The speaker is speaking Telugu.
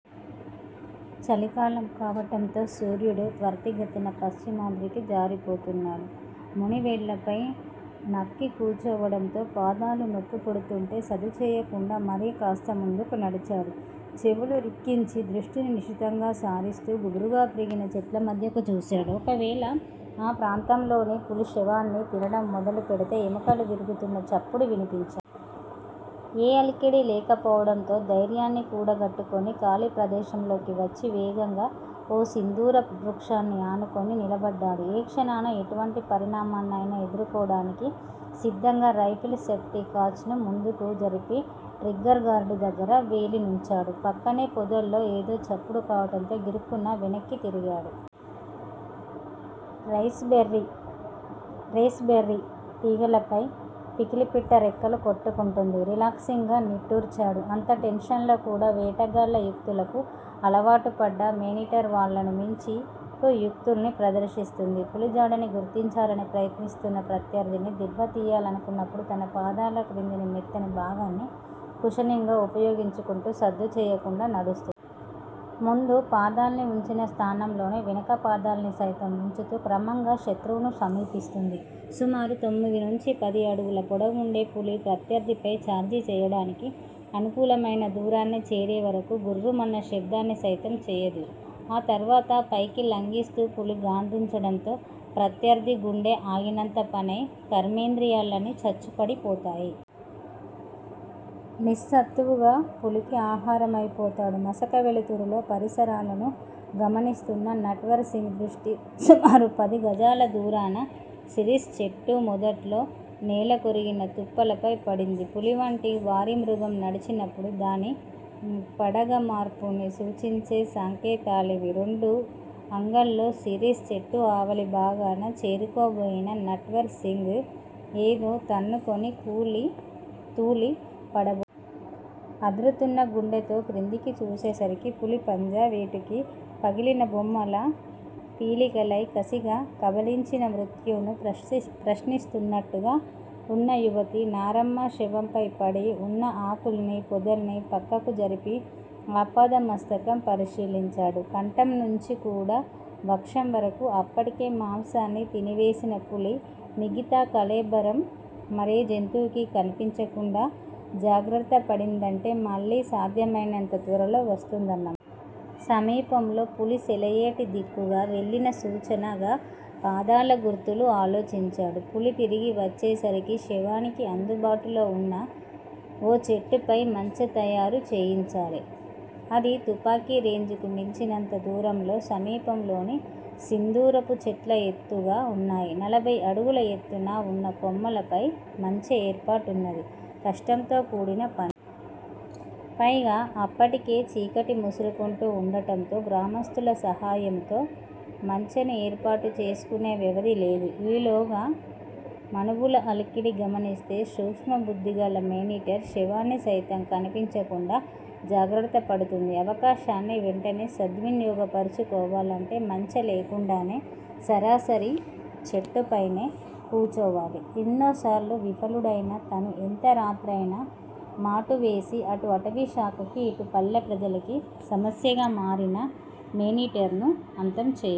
చలికాలం కావటంతో సూర్యుడు త్వరితగతిని పశ్చిమాద్రికి జారిపోతున్నాడు. మునివేళ్ళపై నక్కికూచోవడంతో పాదాలు నొప్పిపుడుతుంటే సదుచేయకుండా మరి కాస్త ముందుకు నడిచాడు. చెవులు రిక్కించి, దృష్టిని నిశితంగా సారిస్తూ గుబురుగా పెరిగిన చెట్లమధ్యకు చూశాడు. ఒకవేళ ఆ ప్రాంతంలోనే పులి శవాన్ని తినడం మొదలుపెడితే ఎముకలు విరుగుతున్న చప్పుడు వినిపించాలి. ఏ అలికిడీ లేకపోవడంతో, దైర్యాన్ని కూడగట్టుకుని ఖాళీ ప్రదేశంలోకి వచ్చి వేగంగా ఓ సింధూర వృక్షాన్ని ఆనుకుని నిలబడ్డాడు. ఏ క్షణాన ఎటువంటి పరిణామాన్నయినా ఎదుర్కోడానికి సిద్ధంగా రైఫిల్ సేప్టీ కాచ్ ను ముందుకు జరిపి ట్రిగ్గర్ గార్డు దగ్గర వేలినుంచాడు. పక్కనే పొదల్లో ఏదో చప్పుడు కావడంతో గిరుక్కున వెనక్కి తిరిగాడు. రేస్ బెర్రీ తీగలపై పికిలిపిట్ట రెక్కలు కొట్టుకుంటోంది. రిలాక్సింగ్ గా నిట్టూర్చాడు. అంత టెన్షన్ లో కూడా! వేటగాళ్ళ యుక్తులకు అలవాటుపడ్డ మేనీటర్ వాళ్ళను మించి కుయుక్తుల్ని ప్రదర్శిస్తుంది. పులి జాడని గుర్తించాలని ప్రయత్నిస్తున్న ప్రత్యర్థిని దెబ్బ తీయాలనుకున్నపుడు తన పాదాల క్రిందని మెత్తని భాగాన్ని కుషనింగ్ గా ఉపయోగించుకుంటూ సద్దుచేయకుండా నడుస్తుంది. ముందు పాదాల్ని ఉంచిన స్థానంలోనే వెనక పాదాల్ని సైతం ఉంచుతూ క్రమంగా శతృవును సమీపిస్తుంది. సుమారు తొమ్మిది నుంచీ పది అడుగుల పొడవుండే పులి ప్రత్యర్ధిపై ఛార్జిచేయడానికి అనుకూలమైన దూరాన్ని చేరేవరకూ గుర్రుమన్న శబ్దాన్ని సైతం చేయదు. ఆ తర్వాత పైకి లంఘింస్తూ పులి గాండ్రించడంతో ప్రత్యర్ధి గుండె ఆగినంతపనై కర్మేంద్రియాలన్నీ చచ్చుపడిపోతాయి. నిస్సత్తువగా పులికి ఆహారమైపోతాడు. మసక వెలుతురులో పరిసరాలను గమనిస్తున్న నట్వర్ సింగ్ దృష్టి సుమారు పది గజాల దూరాన సిరీస్ చెట్టుమొదట్లో నేలకొరిగిన తుప్పలపై పడింది. పులివంటి భారీ మృగం నడిచినపుడు దాని పడఘర్పున్ని సూచించే సంకేతాలవి. రెండు అంగల్లో సిరీస్ చెట్టు ఆవలి భాగాన చేరుకోబోయిన నట్వర్ సింగ్ ఏదో తన్నుకుని తూలి పడబోయాడు. అదురుతున్న గుండెతో క్రిందికి చూసేసరికి__ పులి పంజా వేటుకి పగిలిన బొమ్మలా పీలికలై కసిగా కబళించిన మృత్యువును ప్రశ్నిస్తున్నట్టుగా ఉన్న యువతి. నారమ్మ శవంపై పడి వున్న ఆకుల్ని, పొదల్ని పక్కకు జరిపి ఆపాదమస్తకం పరిశీలించాడు. కంఠం నుంచి కుడి వక్షం వరకూ అప్పటికే మాంసాన్ని తిని వేసిన పులి_మిగతా కళేబరం మరే జంతువుకీ కనిపించకుండా జాగ్రత్త పడిందంటే మళ్ళీ సాధ్యమైనంత త్వరలో వస్తుందన్నమాట. సమీపంలో పులి సెలయేటి దిక్కుగా వెళ్ళిన సూచనగా పాదాల గుర్తులు. ఆలోచించాడు. పులి తిరిగి వచ్చేసరికి శవానికి అందుబాటులో వున్న ఓ చెట్టుపై మంచె తయారు చేయించాలి _అదీ తుపాకి రేంజ్ కు మించినంత దూరంలో సమీపంలోని సింధూరపు చెట్లు ఎత్తుగా వున్నాయి. నలభై అడుగుల యెత్తున ఉన్న కొమ్మలపై మంచె ఏర్పాటున్నది కష్టంతో కూడినపని. పైగా అప్పటికే చీకటి ముసురుకుంటూ ఉండటంతో గ్రామస్థుల సహాయంతో మంచెను ఏర్పాటు చేసుకునే వ్యవధి లేదు. ఈలోగా మనుభుల అలికిడి గమనిస్తే సూక్ష్మబుద్ధిగల మేనీటర్ శవాన్ని సైతం సమీపించకుండా జాగ్రత్త పడుతుంది. అవకాశాన్ని వెంటనే సద్వినియోగ పరచుకోవాలంటే మంచె లేకుండానే సరాసరి చెట్టుపయినే కూచోవాలి. ఎన్నోసార్లు విఫలుడైన తను ఎంత రాత్రయినా మాటువేసి అటు అటవీశాఖకి, ఇటు పల్లె ప్రజలకి సమస్యగా మారిన మేనీటర్ ను అంతం చేయాలి.